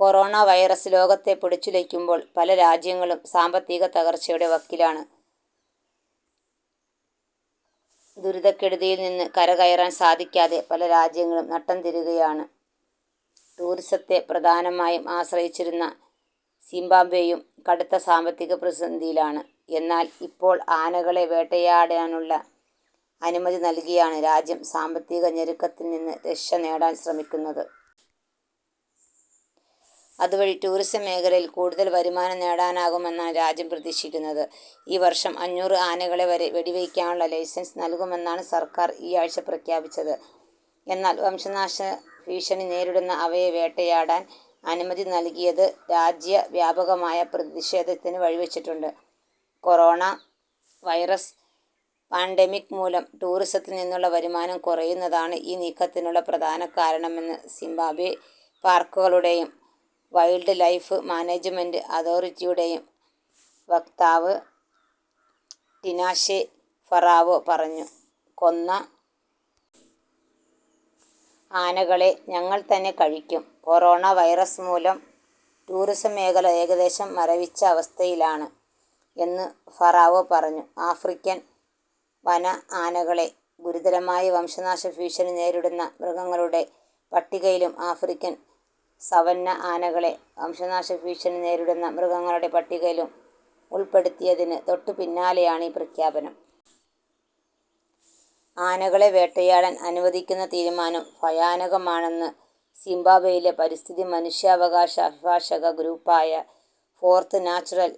Corona virus ലോകത്തെ പുടിച്ചുലക്കുമ്പോൾ പല രാജ്യങ്ങളും സാമ്പത്തിക തകർച്ചയുടെ വക്കിലാണ്. ദുരിതക്കെടുതിയിൽ നിന്ന് കരകയറാൻ സാധിക്കാതെ പല രാജ്യങ്ങളും നട്ടംതിരിയുകയാണ്. ടൂറിസത്തെ പ്രധാനമായും ആശ്രയിച്ചിരുന്ന സിംബാബ്വെയും കടുത്ത സാമ്പത്തിക പ്രതിസന്ധിയിലാണ്. എന്നാൽ, ഇപ്പോൾ ആനകളെ വേട്ടയാടാനുള്ള അനുമതി നൽകിയാണ് രാജ്യം സാമ്പത്തിക ഞെരുക്കത്തിൽ നിന്ന് രക്ഷനേടാൻ ശ്രമിക്കുന്നത്. അതുവഴി ടൂറിസം മേഖലയിൽ കൂടുതൽ വരുമാനം നേടാനാകുമെന്നാണ് രാജ്യം പ്രതീക്ഷിക്കുന്നത്.ഈ വർഷം അഞ്ഞൂറ് ആനകളെ വരെ വെടിവയ്ക്കാനുള്ള ലൈസൻസ് നൽകുമെന്നാണ് സർക്കാർ ഈ ആഴ്ച പ്രഖ്യാപിച്ചത്. എന്നാൽ, വംശനാശഭീഷണി നേരിടുന്ന അവയെ വേട്ടയാടാൻ അനുമതി നൽകിയത് രാജ്യവ്യാപകമായ പ്രതിഷേധത്തിന് വഴിവച്ചിട്ടുണ്ട്. കൊറോണ വൈറസ് പാൻഡെമിക് മൂലം ടൂറിസത്തിൽ നിന്നുള്ള വരുമാനം കുറയുന്നതാണ് ഈ നീക്കത്തിനുള്ള പ്രധാന കാരണമെന്ന് സിംബാബ്വെ പാർക്കുകളുടെയും വൈൽഡ്‌ലൈഫ് മാനേജ്മെന്റ് അതോറിറ്റിയുടെയും വക്താവ് ടിനാഷെ ഫറാവോ പറഞ്ഞു. കൊന്ന ആനകളെ ഞങ്ങൾ തന്നെ കഴിക്കും. കൊറോണ വൈറസ് മൂലം ടൂറിസം മേഖല ഏകദേശം മരവിച്ച അവസ്ഥയിലാണ് എന്ന് ഫറാവോ പറഞ്ഞു. ആഫ്രിക്കൻ വന ആനകളെ ഗുരുതരമായ വംശനാശഫീഷണി നേരിടുന്ന മൃഗങ്ങളുടെ പട്ടികയിലും ആഫ്രിക്കൻ സവന്ന ആനകളെ വംശനാശഫീഷണി നേരിടുന്ന മൃഗങ്ങളുടെ പട്ടികയിലും ഉൾപ്പെടുത്തിയതിന് തൊട്ടുപിന്നാലെയാണ് ഈ പ്രഖ്യാപനം. ആനകളെ വേട്ടയാടാൻ അനുവദിക്കുന്ന തീരുമാനം ഫയാനകമാണെന്ന് സിംബാബ്വെയിലെ പരിസ്ഥിതി മനുഷ്യാവകാശ അഭിഫാഷക ഗ്രൂപ്പായ ഫോർത്ത് നാച്ചുറൽ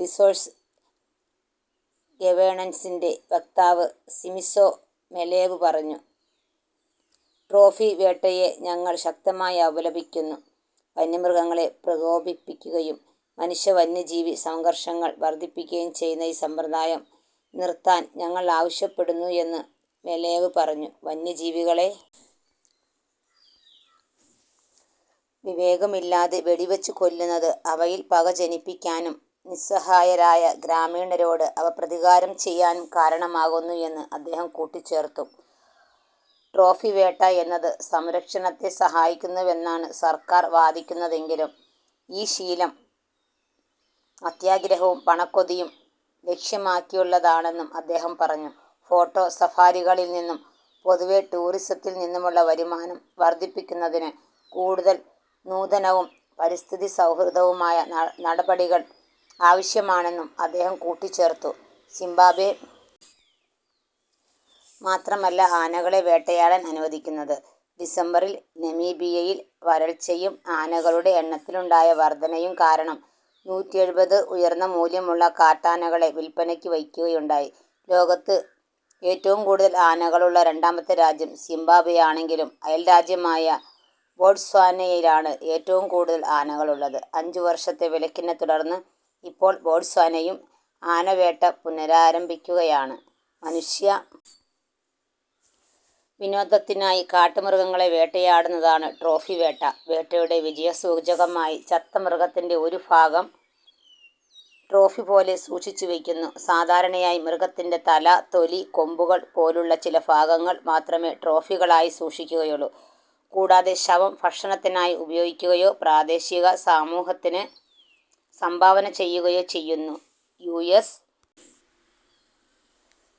റിസോഴ്സ് ഗവേണൻസിന്റെ വക്താവ് സിമിസോ മെലേവ് പറഞ്ഞു. ട്രോഫി വേട്ടയെ ഞങ്ങൾ ശക്തമായി അപലപിക്കുന്നു. വന്യമൃഗങ്ങളെ പ്രകോപിപ്പിക്കുകയും മനുഷ്യ വന്യജീവി സംഘർഷങ്ങൾ വർധിപ്പിക്കുകയും ചെയ്യുന്ന ഈ സമ്പ്രദായം നിർത്താൻ ഞങ്ങൾ ആവശ്യപ്പെടുന്നു എന്ന് മെലേവ് പറഞ്ഞു. വന്യജീവികളെ വിവേകമില്ലാതെ വെടിവച്ചുകൊല്ലുന്നത് അവയിൽ പക ജനിപ്പിക്കാനും നിസ്സഹായരായ ഗ്രാമീണരോട് അവ പ്രതികാരം ചെയ്യാനും കാരണമാകുന്നു എന്ന് അദ്ദേഹം കൂട്ടിച്ചേർത്തു. ട്രോഫി വേട്ട എന്നത് സംരക്ഷണത്തെ സഹായിക്കുന്നുവെന്നാണ് സർക്കാർ വാദിക്കുന്നതെങ്കിലും ഈ ശീലം അത്യാഗ്രഹവും പണക്കൊതിയും ലക്ഷ്യമാക്കിയുള്ളതാണെന്നും അദ്ദേഹം പറഞ്ഞു. ഫോട്ടോ സഫാരികളിൽ നിന്നും പൊതുവേ ടൂറിസത്തിൽ നിന്നുമുള്ള വരുമാനം വർധിപ്പിക്കുന്നതിന് കൂടുതൽ നൂതനവും പരിസ്ഥിതി സൗഹൃദവുമായ ന നടപടികൾ ആവശ്യമാണെന്നും അദ്ദേഹം കൂട്ടിച്ചേർത്തു. സിംബാബ്വെ മാത്രമല്ല ആനകളെ വേട്ടയാടാൻ അനുവദിക്കുന്നത്. ഡിസംബറിൽ നമീബിയയിൽ വരൾച്ചയും ആനകളുടെ എണ്ണത്തിലുണ്ടായ വർധനയും കാരണം നൂറ്റിയെഴുപത് ഉയർന്ന മൂല്യമുള്ള കാട്ടാനകളെ വിൽപ്പനയ്ക്ക് വയ്ക്കുകയുണ്ടായി. ലോകത്ത് ഏറ്റവും കൂടുതൽ ആനകളുള്ള രണ്ടാമത്തെ രാജ്യം സിംബാബ്വെയാണെങ്കിലും അയൽരാജ്യമായ ബോട്സ്വാനയിലാണ് ഏറ്റവും കൂടുതൽ ആനകളുള്ളത്. അഞ്ചുവർഷത്തെ വിലക്കിനെത്തുടർന്ന് ഇപ്പോൾ ബോട്സ്വാനയും ആന വേട്ട പുനരാരംഭിക്കുകയാണ്. മനുഷ്യ വിനോദത്തിനായി കാട്ടുമൃഗങ്ങളെ വേട്ടയാടുന്നതാണ് ട്രോഫി വേട്ട. വേട്ടയുടെ വിജയസൂചകമായി ചത്ത മൃഗത്തിന്റെ ഒരു ഫാഗം ട്രോഫിപോലെ സൂക്ഷിച്ചുവയ്ക്കുന്നു. സാധാരണയായി മൃഗത്തിന്റെ തല, തൊലി, കൊമ്പുകൾ പോലുള്ള ചില ഫാഗങ്ങൾ മാത്രമേ ട്രോഫികളായി സൂക്ഷിക്കുകയുള്ളൂ. കൂടാതെ ശവം ഫക്ഷണത്തിനായി ഉപയോഗിക്കുകയോ പ്രാദേശിക സമൂഹത്തിന് സംഫാവന ചെയ്യുകയോ ചെയ്യുന്നു. US,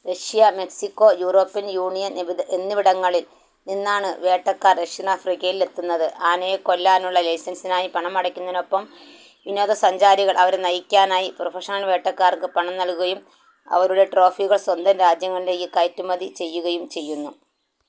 Russia, Mexico, European Union എ എന്നിവിടങ്ങളിൽ നിന്നാണ് വേട്ടക്കാർ ദക്ഷിണാഫ്രിക്കയിൽ എത്തുന്നത്. ആനയെ കൊല്ലാനുള്ള ലൈസൻസിനായി പണമടയ്ക്കുന്നതിനൊപ്പം വിനോദസഞ്ചാരികൾ അവരെ നയിക്കാനായി പ്രൊഫഷണൽ വേട്ടക്കാർക്ക് പണം നൽകുകയും അവരുടെ ട്രോഫികൾ സ്വന്തം രാജ്യങ്ങളിലേക്ക് കയറ്റുമതി ചെയ്യുകയും ചെയ്യുന്നു.